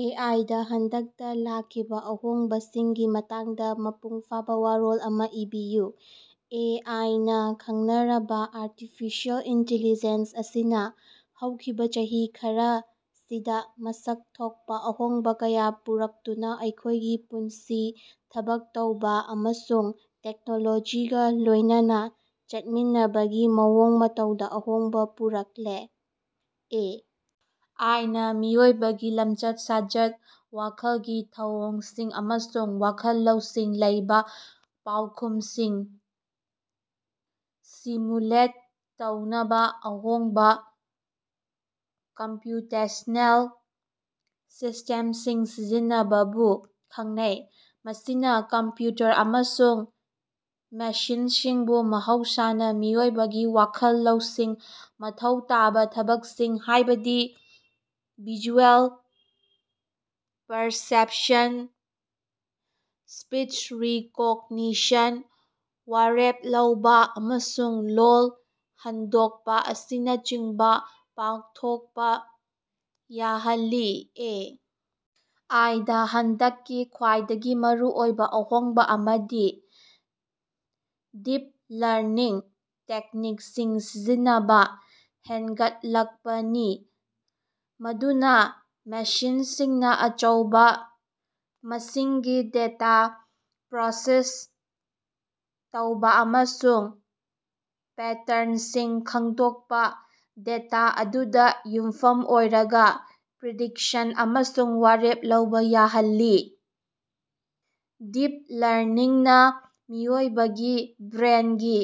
ꯑꯦ. I. ꯗꯥ ꯍꯟꯗꯛꯇ ꯂꯥꯛꯈꯤꯕ ꯑꯍꯣꯡꯕꯁꯤꯡꯒꯤ ꯃꯇꯥꯡꯗ ꯃꯄꯨꯡ ꯐꯥꯕ ꯋꯥꯔꯣꯜ ꯑꯃ ꯏꯕꯤꯌꯨ꯫ ꯑꯦ. ꯑꯥꯏ. ꯅꯥ ꯈꯪꯅꯔꯕ ꯑꯥꯔꯇꯤꯐꯤꯁꯤꯑꯦꯜ ꯏꯟꯇꯤꯂꯤꯖꯦꯟꯁ ꯑꯁꯤꯅ ꯍꯧꯈꯤꯕ ꯆꯍꯤ ꯈꯔꯁꯤꯗ ꯃꯁꯛ ꯊꯣꯛꯄ ꯑꯍꯣꯡꯕ ꯀꯌꯥ ꯄꯨꯔꯛꯇꯨꯅ ꯑꯩꯈꯣꯏꯒꯤ ꯄꯨꯟꯁꯤ, ꯊꯕꯛ ꯇꯧꯕ ꯑꯃꯁꯨꯡ ꯇꯦꯛꯅꯣꯂꯣꯖꯤꯒ ꯂꯣꯏꯅꯅ ꯆꯠꯃꯤꯟꯅꯕꯒꯤ ꯃꯑꯣꯡ ꯃꯇꯧꯗ ꯑꯍꯣꯡꯕ ꯄꯨꯔꯛꯂꯤ꯫ ꯑꯦ. ꯑꯥꯏ. ꯅꯥ ꯃꯤꯑꯣꯏꯕꯒꯤ ꯂꯝꯆꯠ-ꯁꯥꯖꯠ, ꯋꯥꯈꯜꯒꯤ ꯊꯧꯑꯣꯡꯁꯤꯡ ꯑꯃꯁꯨꯡ ꯋꯥꯈꯜ ꯂꯧꯁꯤꯡ ꯂꯩꯕꯥ ꯄꯥꯎꯈꯨꯝꯁꯤꯡ ꯁꯤꯃꯨꯂꯦꯠ ꯇꯧꯅꯕ ꯑꯍꯣꯡꯕ ꯀꯝꯄ꯭ꯌꯨꯇꯦꯁꯅꯦꯜ ꯁꯤꯁꯇꯦꯝꯁꯤꯡ ꯁꯤꯖꯤꯟꯅꯕꯕꯨ ꯈꯪꯅꯩ꯫ ꯃꯁꯤꯅ ꯀꯝꯄ꯭ꯌꯨꯇꯔ ꯑꯃꯁꯨꯡ ꯃꯦꯁꯤꯟꯁꯤꯡꯕꯨ ꯃꯍꯧꯁꯥꯅ ꯃꯤꯑꯣꯏꯕꯒꯤ ꯋꯥꯈꯜ ꯂꯧꯁꯤꯡ ꯃꯊꯧ ꯇꯥꯕ ꯊꯕꯛꯁꯤꯡ, ꯍꯥꯏꯕꯗꯤ ꯚꯤꯖꯨꯑꯦꯜ ꯄꯔꯁꯦꯄꯁꯟ, ꯁꯄꯤꯆ ꯔꯤꯀꯣꯒꯅꯤꯁꯟ, ꯋꯥꯔꯦꯞ ꯂꯧꯕ, ꯑꯃꯁꯨꯡ ꯂꯣꯜ ꯍꯟꯗꯣꯛꯄ ꯑꯁꯤꯅꯆꯤꯡꯕ ꯄꯥꯡꯊꯣꯛꯄ ꯌꯥꯍꯜꯂꯤ꯫ ꯑꯦ. ꯑꯥꯏ. ꯗꯥ ꯍꯟꯗꯛꯀꯤ ꯈ꯭ꯋꯥꯏꯗꯒꯤ ꯃꯔꯨꯑꯣꯏꯕ ꯑꯍꯣꯡꯕ ꯑꯃꯗꯤ ꯗꯤꯞ ꯂꯔꯅꯤꯡ ꯇꯦꯛꯅꯤꯛꯁꯤꯡ ꯁꯤꯖꯤꯟꯅꯕ ꯍꯦꯟꯒꯠꯂꯛꯄꯅꯤ ꯃꯗꯨꯅ ꯃꯦꯁꯤꯟꯁꯤꯡꯅ ꯑꯆꯧꯕ ꯃꯁꯤꯡꯒꯤ ꯗꯦꯇꯥ ꯄ꯭ꯔꯣꯁꯦꯁ ꯇꯧꯕ ꯑꯃꯁꯨꯡ ꯄꯦꯇꯔꯟꯁꯤꯡ ꯈꯪꯗꯣꯛꯄ, ꯗꯦꯇꯥ ꯑꯗꯨꯗ ꯌꯨꯝꯐꯝ ꯑꯣꯏꯔꯒ ꯄ꯭ꯔꯤꯗꯤꯛꯁꯟ ꯑꯃꯁꯨꯡ ꯋꯥꯔꯦꯞ ꯂꯧꯕ ꯌꯥꯍꯜꯂꯤ꯫ ꯗꯤꯞ ꯂꯔꯅꯤꯡꯅ ꯃꯤꯑꯣꯏꯕꯒꯤ ꯕ꯭ꯔꯦꯟꯒꯤ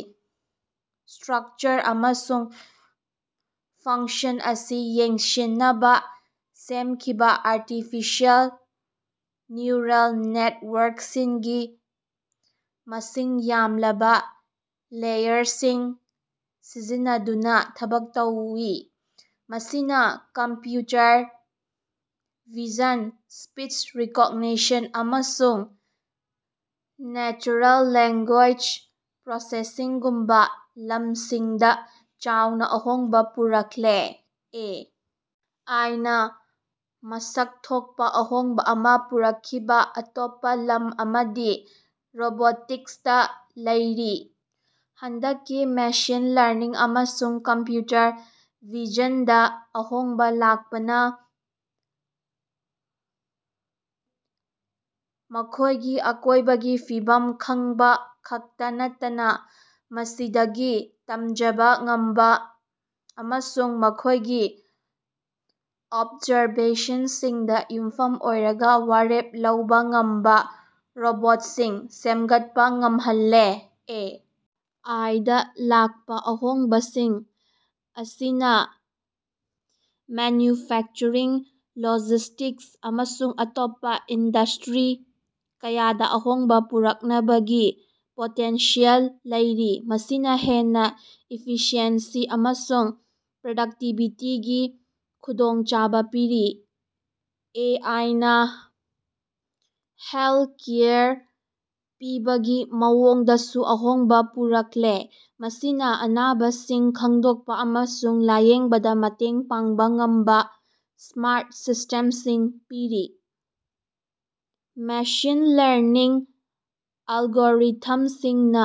ꯁ꯭ꯇꯔꯛꯆꯔ ꯑꯃꯁꯨꯡ ꯐꯪꯛꯁꯟ ꯑꯁꯤ ꯌꯦꯡꯁꯤꯟꯅꯕ ꯁꯦꯝꯈꯤꯕ ꯑꯥꯔꯇꯤꯐꯤꯁꯤꯑꯦꯜ ꯅ꯭ꯌꯨꯔꯜ ꯅꯦꯇꯋꯥꯔꯛꯁꯤꯡꯒꯤ ꯃꯁꯤꯡ ꯌꯥꯝꯂꯕ ꯂꯦꯌꯔꯁꯤꯡ ꯁꯤꯖꯤꯟꯅꯗꯨꯅ ꯊꯕꯛ ꯇꯧꯏ꯫ ꯃꯁꯤꯅ ꯀꯝꯄ꯭ꯌꯨꯇꯔ ꯚꯤꯖꯟ, ꯁꯄꯤꯆ ꯔꯤꯀꯣꯒꯅꯤꯁꯟ, ꯑꯃꯁꯨꯡ ꯅꯦꯆꯔꯦꯜ ꯂꯦꯡꯒꯨꯌꯦꯖ ꯄ꯭ꯔꯣꯁꯦꯁꯤꯡꯒꯨꯝꯕ ꯂꯝꯁꯤꯡꯗ ꯆꯥꯎꯅ ꯑꯍꯣꯡꯕ ꯄꯨꯔꯛꯂꯦ꯫ ꯑꯦ. ꯑꯥꯏ. ꯅꯥ ꯃꯁꯛ ꯊꯣꯛꯄ ꯑꯍꯣꯡꯕ ꯑꯃ ꯄꯨꯔꯛꯈꯤꯕ ꯑꯇꯣꯞꯄ ꯂꯝ ꯑꯃꯗꯤ ꯔꯣꯕꯣꯇꯤꯛꯁꯇ ꯂꯩꯔꯤ꯫ ꯍꯟꯗꯛꯀꯤ ꯃꯦꯁꯤꯟ ꯂꯔꯅꯤꯡ ꯑꯃꯁꯨꯡ ꯀꯝꯄ꯭ꯌꯨꯇꯔ ꯚꯤꯖꯟꯗ ꯑꯍꯣꯡꯕ ꯂꯥꯛꯄꯅ ꯃꯈꯣꯏꯒꯤ ꯑꯀꯣꯏꯕꯒꯤ ꯐꯤꯕꯝ ꯈꯪꯕ ꯈꯛꯇ ꯅꯠꯇꯅ ꯃꯁꯤꯗꯒꯤ ꯇꯝꯖꯕ ꯉꯝꯕ ꯑꯃꯁꯨꯡ ꯃꯈꯣꯏꯒꯤ ꯑꯣꯕꯖꯥꯔꯕꯦꯁꯟꯁꯤꯡꯗ ꯌꯨꯝꯐꯝ ꯑꯣꯏꯔꯒ ꯋꯥꯔꯦꯞ ꯂꯧꯕ ꯉꯝꯕ ꯔꯣꯕꯣꯠꯁꯤꯡ ꯁꯦꯝꯒꯠꯄ ꯉꯝꯍꯜꯂꯦ꯫ ꯑꯦ. ꯑꯥꯏ. ꯗꯥ ꯂꯥꯛꯄ ꯑꯍꯣꯡꯕꯁꯤꯡ ꯑꯁꯤꯅ ꯃꯦꯟꯌꯨꯐꯦꯛꯆꯔꯤꯡ, ꯂꯣꯖꯤꯁꯇꯤꯛꯁ, ꯑꯃꯁꯨꯡ ꯑꯇꯣꯞꯄ ꯏꯟꯗꯁ꯭ꯇꯔꯤ ꯀꯌꯥꯗ ꯑꯍꯣꯡꯕ ꯄꯨꯔꯛꯅꯕꯒꯤ ꯄꯣꯇꯦꯟꯁꯤꯌꯦꯜ ꯂꯩꯔꯤ, ꯃꯁꯤꯅ ꯍꯦꯟꯅ ꯏꯐꯤꯁꯤꯑꯦꯟꯁꯤ ꯑꯃꯁꯨꯡ ꯄ꯭ꯔꯗꯛꯇꯤꯕꯤꯇꯤꯒꯤ ꯈꯨꯗꯣꯡꯆꯥꯕ ꯄꯤꯔꯤ꯫ ꯑꯦ. ꯑꯥꯏ. ꯅꯥ ꯍꯦꯜꯊꯀꯦꯌꯔ ꯄꯤꯕꯒꯤ ꯃꯑꯣꯡꯗꯁꯨ ꯑꯍꯣꯡꯕ ꯄꯨꯔꯛꯂꯤ, ꯃꯁꯤꯅ ꯑꯅꯥꯕꯁꯤꯡ ꯈꯪꯗꯣꯛꯄ ꯑꯃꯁꯨꯡ ꯂꯥꯌꯦꯡꯕꯗ ꯃꯇꯦꯡ ꯄꯥꯡꯕ ꯉꯝꯕ ꯁ꯭ꯃꯥꯔꯠ ꯁꯤꯁꯇꯦꯝꯁꯤꯡ ꯄꯤꯔꯤ꯫ ꯃꯦꯁꯤꯟ ꯂꯔꯅꯤꯡ ꯑꯦꯜꯒꯣꯔꯤꯊꯝꯁꯤꯡꯅꯥ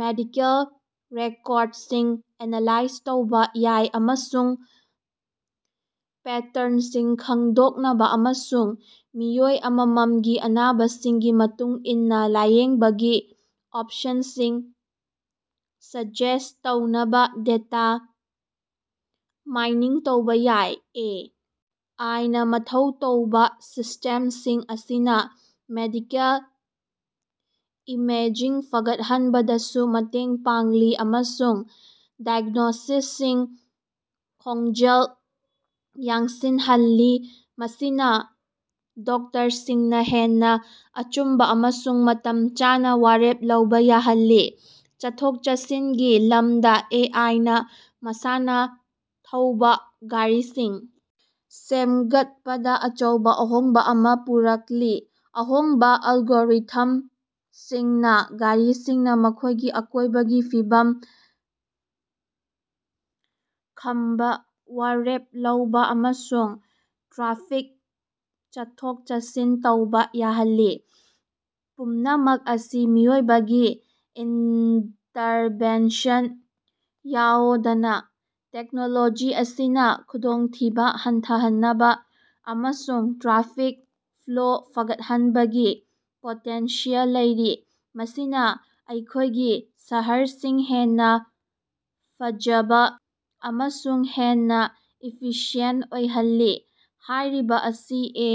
ꯃꯦꯗꯤꯀꯦꯜ ꯔꯦꯀꯣꯔꯗꯁꯤꯡ ꯑꯦꯅꯥꯂꯥꯏꯖ ꯇꯧꯕ ꯌꯥꯏ ꯑꯃꯁꯨꯡ ꯄꯦꯇꯔꯟꯁꯤꯡ ꯈꯪꯗꯣꯛꯅꯕ ꯑꯃꯁꯨꯡ ꯃꯤꯑꯣꯏ ꯑꯃꯃꯃꯒꯤ ꯑꯅꯥꯕꯁꯤꯡꯒꯤ ꯃꯇꯨꯡ ꯏꯟꯅ ꯂꯥꯌꯦꯡꯕꯒꯤ ꯑꯣꯄꯁꯟꯁꯤꯡ ꯁꯖꯦꯁꯠ ꯇꯧꯅꯕ ꯗꯦꯇꯥ ꯃꯥꯏꯅꯤꯡ ꯇꯧꯕ ꯌꯥꯏ꯫ ꯑꯦ. ꯑꯥꯏ. ꯅꯥ ꯃꯊꯧ ꯇꯧꯕꯥ ꯁꯤꯁꯇꯦꯃꯁꯤꯡ ꯑꯁꯤꯅ ꯃꯦꯗꯤꯀꯦꯜ ꯏꯃꯦꯖꯤꯡ ꯐꯒꯠꯍꯟꯕꯗꯁꯨ ꯃꯇꯦꯡ ꯄꯥꯡꯂꯤ ꯑꯃꯁꯨꯡ ꯗꯥꯏꯒ꯭ꯅꯣꯁꯤꯁꯁꯤꯡ ꯈꯣꯡꯖꯦꯜ ꯌꯥꯡꯁꯤꯟꯍꯜꯂꯤ, ꯃꯁꯤꯅ ꯗꯣꯛꯇꯔꯁꯤꯡꯅ ꯍꯦꯟꯅ ꯑꯆꯨꯝꯕ ꯑꯃꯁꯨꯡ ꯃꯇꯝ ꯆꯥꯅ ꯋꯥꯔꯦꯞ ꯂꯧꯕ ꯌꯥꯍꯜꯂꯤ꯫ ꯆꯠꯊꯣꯛ-ꯆꯠꯁꯤꯟꯒꯤ ꯂꯝꯗ ꯑꯦ. ꯑꯥꯏ. ꯅꯥ ꯃꯁꯥꯅ ꯊꯧꯕ ꯒꯥꯔꯤꯁꯤꯡ ꯁꯦꯝꯒꯠꯄꯗ ꯑꯆꯧꯕ ꯑꯍꯣꯡꯕ ꯑꯃ ꯄꯨꯔꯛꯂꯤ꯫ ꯑꯍꯣꯡꯕ ꯑꯦꯜꯒꯣꯔꯤꯊꯝꯁꯤꯡꯅ ꯒꯥꯔꯤꯁꯤꯡꯅ ꯃꯈꯣꯏꯒꯤ ꯑꯀꯣꯏꯕꯒꯤ ꯐꯤꯕꯝ ꯈꯘꯕꯥ, ꯋꯥꯔꯦꯞ ꯂꯧꯕ ꯑꯃꯁꯨꯡ ꯇ꯭ꯔꯥꯐꯤꯛ ꯆꯠꯊꯣꯛ-ꯆꯠꯁꯤꯟ ꯇꯧꯕꯥ ꯌꯥꯍꯜꯂꯤ, ꯄꯨꯝꯅꯃꯛ ꯑꯁꯤ ꯃꯤꯑꯣꯏꯕꯒꯤ ꯏꯟꯇꯔꯚꯦꯟꯁꯟ ꯌꯥꯑꯣꯗꯅꯥ꯫ ꯇꯦꯛꯅꯣꯂꯣꯖꯤ ꯑꯁꯤꯅꯥ ꯈꯨꯗꯣꯡꯊꯤꯕꯥ ꯍꯟꯊꯍꯅꯕꯥ ꯑꯃꯁꯨꯡ ꯇ꯭ꯔꯥꯐꯤꯛ ꯐ꯭ꯂꯣ ꯐꯒꯠꯍꯟꯕꯒꯤ ꯄꯣꯇꯦꯟꯁꯤꯌꯦꯜ ꯂꯩꯔꯤ, ꯃꯁꯤꯅꯥ ꯑꯩꯈꯣꯏꯒꯤ ꯁꯍꯔꯁꯤꯡ ꯍꯦꯟꯅ ꯁꯥꯐꯕ ꯑꯃꯁꯨꯡ ꯍꯦꯟꯅ ꯏꯐꯤꯁꯤꯌꯦꯟꯇ ꯑꯣꯏꯍꯜꯂꯤ꯫ ꯍꯥꯏꯔꯤꯕꯥ ꯑꯁꯤ ꯑꯦ.